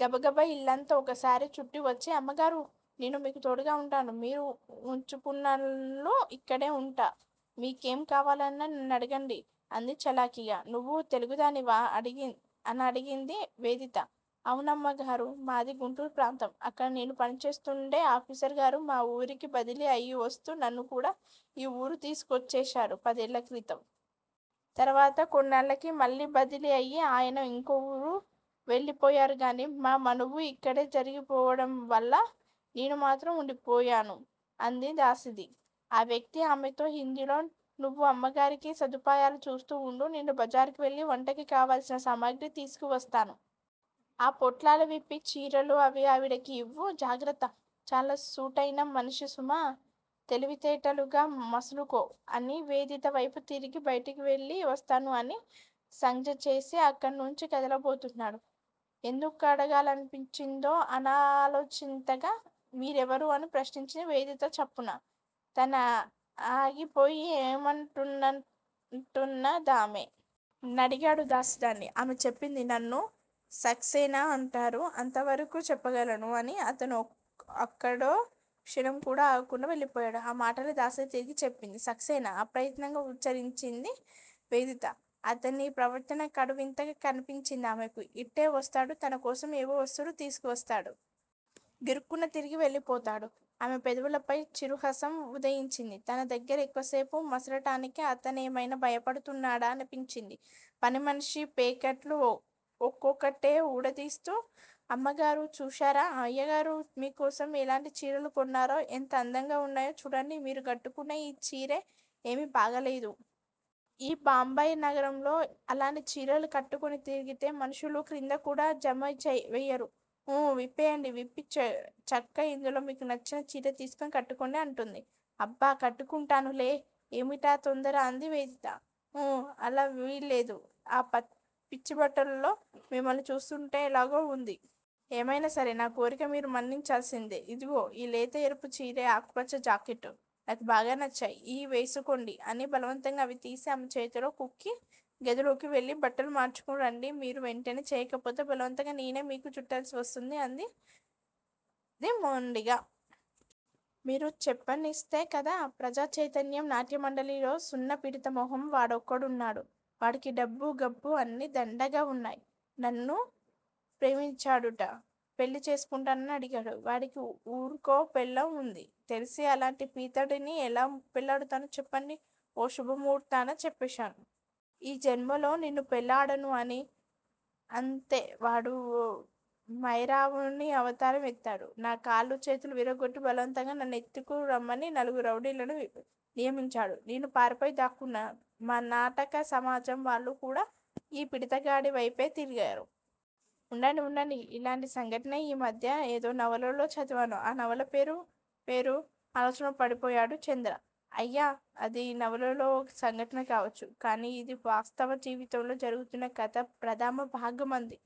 గబగబ యిల్లంతా వొకసారి చుట్టివచ్చి అమ్మగారూ! నేను మీకు తోడుగా వుంటాను. మీరు వుంచుకున్నన్నాళ్ళూ యిక్కడే వుంటాను. మీకేం కావాలన్నా నన్నడగండి అంది చలాకీగా. నువ్వు తెలుగుదానివా? అనడిగింది వేదిత. అవునమ్మగారూ! మాది గుంటూరు ప్రాంతం. అక్కడ నేను పనిచేస్తూండే అఫీసరుగారు యీ వూరికి బదిలీ అయివస్తూ నన్నుకూడా ఈ ఊరు తీసుకొచ్చేశారు పదేళ్ళక్రితం. తర్వాత కొన్నేళ్ళకి మళ్ళీ బదిలీ అయి ఆయన యింకో ఊరు వెళ్ళిపోయారుగానీ, నా మనువు యిక్కడే జరిగిపోవటం వల్ల నేను మాత్రం వుండిపోయాను అంది దాసీది. ఆ వ్యక్తి ఆమెతో హిందీలో నువ్వు అమ్మగారికి సదుపాయాలు చూస్తూ వుండు. నేను బజారుకు వెళ్ళి వంటకి కావలసిన సామగ్రి తీసుకువస్తాను. ఆ పొట్లాలు విప్పి చీరెలూ అవీ ఆవిడకి యివ్వు. జాగ్రత్త! చాలా సూటైన మనిషి సుమా. తెలివితేటలుగా మసలుకో అని వేదిత వైపు తిరిగి బయటకు వెళ్ళి వస్తాను అని సౌంజ్ఞచేసి అక్కడినుంచి కదలబోతున్నాడు. ఎందుకడగాలనిపించిందో అనాలోచింతగా మీరెవరు? అని ప్రశ్నించింది వేదిత చప్పున. అతనాగిపోయి ఏమిటంటున్న దామె? అనడిగాడు దాసీదాన్ని. ఆమె చెప్పింది. నన్ను సక్సేనా అంటారు. అంతవరకే చెప్పగలను అని అతను అక్కడో క్షణంకూడా ఆగకుండా వెళ్ళిపోయాడు. ఆ మాటలే దాసీది తిరిగి చెప్పింది. సక్సేనా అప్రయత్నంగా ఉచ్చరించింది వేదిత. అతని ప్రవర్తన కడు వింతగా కనిపించిందామెకు. ఇట్టే వస్తాడు, తనకోసం ఏవో వస్తువులు తీసుకువస్తాడు. గిరుక్కున తిరిగి వెళ్ళిపోతాడు. ఆమె పెదవులపై చిరుహాసం వుదయించింది. తన దగ్గర ఎక్కువసేపు మసలటానికి అతనేమైనా భయపడుతున్నాడా అనిపించింది. పనిమనిషి పేకెట్లు వొక్కొక్కటే ఊడదీస్తూ, అమ్మగారూ, చూశారా! అయ్యగారు మీకోసం యెలాంటి చీరెలు కొన్నారో! ఎంత అందంగా వున్నాయో చూడండి. మీరు కట్టుకున్న చీరె యేమీ బాగాలేదు. ఈ బొంబాయి నగరంలో అలాంటి చీరెలు కట్టుకుని తిరిగితే మనుషులు క్రిందకూడా జమవెయ్యరు. ఊఁ విప్పెయ్యండి. విప్పి చక్కా ఇందులో మీకు నచ్చిన చీరె తీసుకుని కట్టుకోండి అంటోంది. అబ్బ కట్టుకుంటానులే! ఏమిటా తొందర అంది వేదిత. ఉహూ! అలా వీల్లేదు. ఆ పిచ్చిబట్టల్లో మిమ్మల్ని చూస్తుంటే యెలాగో వుంది. ఏమయినా సరే నా కోరిక మీరు మన్నించాల్సిందే. ఇదుగో! ఈ లేత ఎరుపు చీరె, ఆకుపచ్చ జాకెట్టూ నాకు బాగా నచ్చాయి. ఈఁ వేసుకోండి అని బలవంతంగా అవి తీసి ఆమె చేతిలో క్రుక్కి గదిలోకి వెళ్ళి బట్టలు మార్చుకు రండి, మీరు వెంటనే చెయ్యకపోతే బలవంతంగా నేనే మీకు చుట్టబెట్టాల్సి ఉంటుంది అన్నది మొండిగా. మీరు చెప్పనిస్తే కదా? ప్రజాచైతన్య నాట్యమండలిలో సున్న పిడత మొహం వాడొకడున్నాడు. వాడికి డబ్బు గబ్బు అన్నీ దండిగా వున్నాయ్. నన్ను ప్రేమించాడుట. పెళ్ళి చేసుకుంటానని అడిగాడు. వాడికి ఊరికో పెళ్ళాం వుంది. తెలిసి అలాంటి పిడతని ఎలా పెళ్ళాడుతను. చెప్పండి? ఓ శుభముహూర్తాన చెప్పేశాను. ఈ జన్మలో నిన్ను పెళ్లాడను అని. అంతే వాడు మైరావణుడి అవతారం ఎత్తాడు. నా కాళ్ళూ చేతులూ విరగొట్టి బలవంతాన నన్ను ఎత్తుకు రమ్మని నలుగురు రౌడీలను నియమించాడు. నేను పారిపోయి దాక్కున్నాను. మా నాటక సమాజం వాళ్ళు కూడా ఆ పిడతగాడి వైపే తిరిగారు. వుండండి వుండండి ఇలాంటి సంఘటనే ఈ మధ్య ఏదో నవలలో చదివాను. ఆ నవల పేరు పేరు! ఆలోచనలో పడిపోయాడు చంద్ర. అయ్యా అది నవలలో ఓ సంఘటన కావచ్చు. కాని యిది వాస్తవ జీవితంలో జరుగుతున్న కథలో ప్రధమభాగం అంది